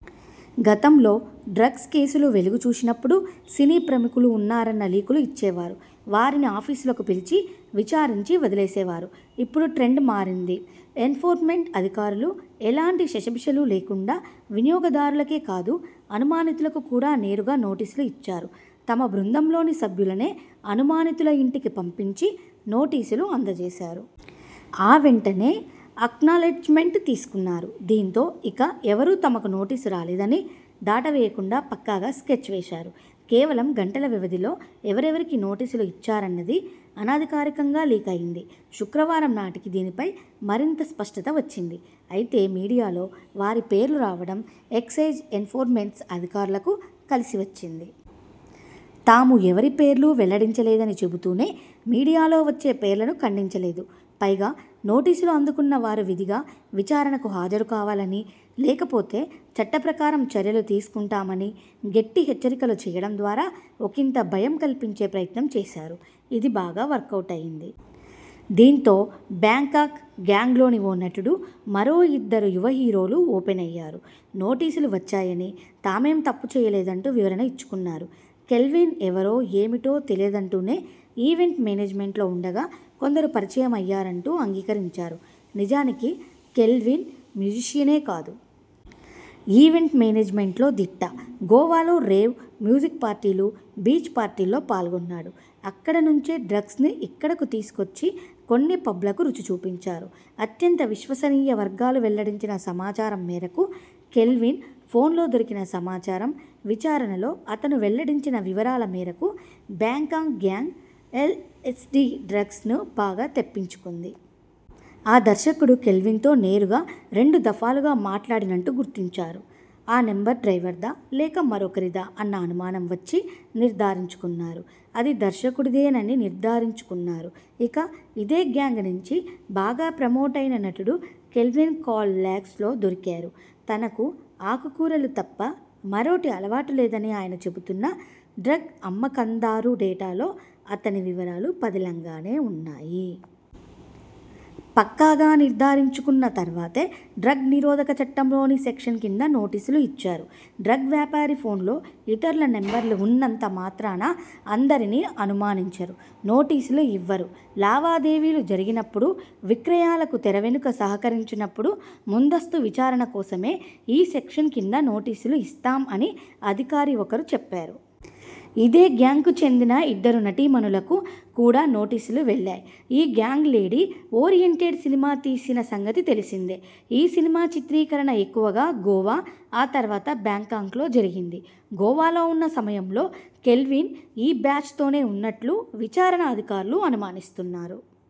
గతంలో డ్రగ్స్ కేసులు వెలుగు చూసినప్పుడు సినీ ప్రముఖులు ఉన్నారన్న లీకులు ఇచ్చేవారు. వారిని ఆఫీసులకు పిలిచి విచారించి వదిలేసేవారు. ఇప్పుడు ట్రెండ్ మారింది. ఎన్ఫోర్స్మెంట్ అధికారులు ఎలాంటి శషబిషలు లేకుండా వినియోగదారులకే కాదు అనుమానితులకు కూడా నేరుగా నోటీసులు ఇచ్చారు. తమ బృందంలోని సభ్యులనే అనుమానితుల ఇంటికి పంపించి నోటీసులు అందజేశారు. ఆ వెంటనే అక్నాలెడ్జ్మెంట్ తీసుకున్నారు. దీంతో ఇక ఎవరూ తమకు నోటీసు రాలేదని దాటవేయకుండా పక్కాగా స్కెచ్ వేశారు. కేవలం గంటల వ్యవధిలో ఎవరెవరికి నోటీసులు ఇచ్చారన్నది అనధికారికంగా లీకయింది. శుక్రవారం నాటికి దీనిపై మరింత స్పష్టత వచ్చింది. అయితే, మీడియాలో వారి పేర్లు రావడం ఎక్సైజ్ ఎన్ఫోర్స్మెంట్ అధికారులకు కలిసి వచ్చింది. తాము ఎవరి పేర్లు వెల్లడించలేదని చెబుతూనే మీడియాలో వచ్చే పేర్లను ఖండించలేదు. పైగా, నోటీసులు అందుకున్న వారు విధిగా విచారణకు హాజరు కావాలని, లేకపోతే చట్టప్రకారం చర్యలు తీసుకుంటామని గట్టి హెచ్చరికలు చేయడం ద్వారా ఒకింత భయం కల్పించే ప్రయత్నం చేశారు. ఇది బాగా వర్కవుట్ అయింది. దీంతో బ్యాంకాక్ గ్యాంగ్లోని ఓ నటుడు, మరో ఇద్దరు యువ హీరోలు ఓపెన్ అయ్యారు. నోటీసులు వచ్చాయని, తామేం తప్పు చేయలేదంటూ వివరణ ఇచ్చుకున్నారు. కెల్విన్ ఎవరో ఏమిటో తెలియదంటూనే ఈవెంట్ మేనేజ్మెంట్లో ఉండగా కొందరు పరిచయం అయ్యారంటూ అంగీకరించారు. నిజానికి, కెల్విన్ మ్యుజీషియనే కాదు. ఈవెంట్ మేనేజ్మెంట్లో దిట్ట. గోవాలో రేవ్, మ్యుజిక్ పార్టీలు, బీచ్ పార్టీల్లో పాల్గొన్నాడు. అక్కడి నుంచే డ్రగ్స్ను ఇక్కడకు తీసుకొచ్చి కొన్ని పబ్లకు రుచి చూపించారు. అత్యంత విశ్వసనీయ వర్గాలు వెల్లడించిన సమాచారం మేరకు కెల్విన్ ఫోన్లో దొరికిన సమాచారం, విచారణలో అతను వెల్లడించిన వివరాల మేరకు బ్యాంకాక్ గ్యాంగ్ ఎల్ఎ్సడీ డ్రగ్స్ను బాగా తెప్పించుకుంది. ఆ దర్శకుడు కెల్విన్తో నేరుగా రెండు దఫాలుగా మాట్లాడినట్లు గుర్తించారు. ఆ నంబర్ డ్రైవర్దా? లేక మరొకరిదా అన్న అనుమానం వచ్చి నిర్ధారించుకున్నారు. అది దర్శకుడిదేనని నిర్ధారించుకున్నారు. ఇక, ఇదే గ్యాంగ్ నుంచి బాగా ప్రమోట్ అయిన నటుడు కెల్విన్ కాల్ లాగ్స్లో దొరికారు. తనకు ఆకు కూరలు తప్ప మరోటి అలవాటు లేదని ఆయన చెబుతున్నా డ్రగ్ అమ్మకందారు డేటాలో అతని వివరాలు పదిలంగానే ఉన్నాయి. పక్కాగా నిర్ధారించుకున్న తర్వాతే డ్రగ్ నిరోధక చట్టంలోని సెక్షన్ కింద నోటీసు ఇచ్చారు. ''డ్రగ్ వ్యాపారి ఫోన్లో ఇతరుల నంబర్లు ఉన్నంత మాత్రాన అందరినీ అనుమానించరు. నోటీసులు ఇవ్వరు. లావాదే వీలు జరిగినప్పుడు, విక్రయాలకు తెర వెనుక సహకరించినప్పుడు ముందస్తు విచారణ కోసమే ఈ సెక్షన్ కింద నోటీసులు ఇస్తాం'' అని అధికారి ఒకరు చెప్పారు. ఇదే గ్యాంగ్కు చెందిన ఇద్దరు నటీమణులకు కూడా నోటీసులు వెళ్లాయి. ఈ గ్యాంగ్ లేడీ ఓరియంటెడ్ సినిమా తీసిన సంగతి తెలిసిందే. ఈ సినిమా చిత్రీకరణ ఎక్కువగా గోవా, ఆ తర్వాత బ్యాంకాక్లో జరిగింది. గోవాలో ఉన్న సమయంలో కెల్విన్ ఈ బ్యాచ్తోనే ఉన్నట్లు విచారణ అధికారులు అనుమానిస్తున్నారు.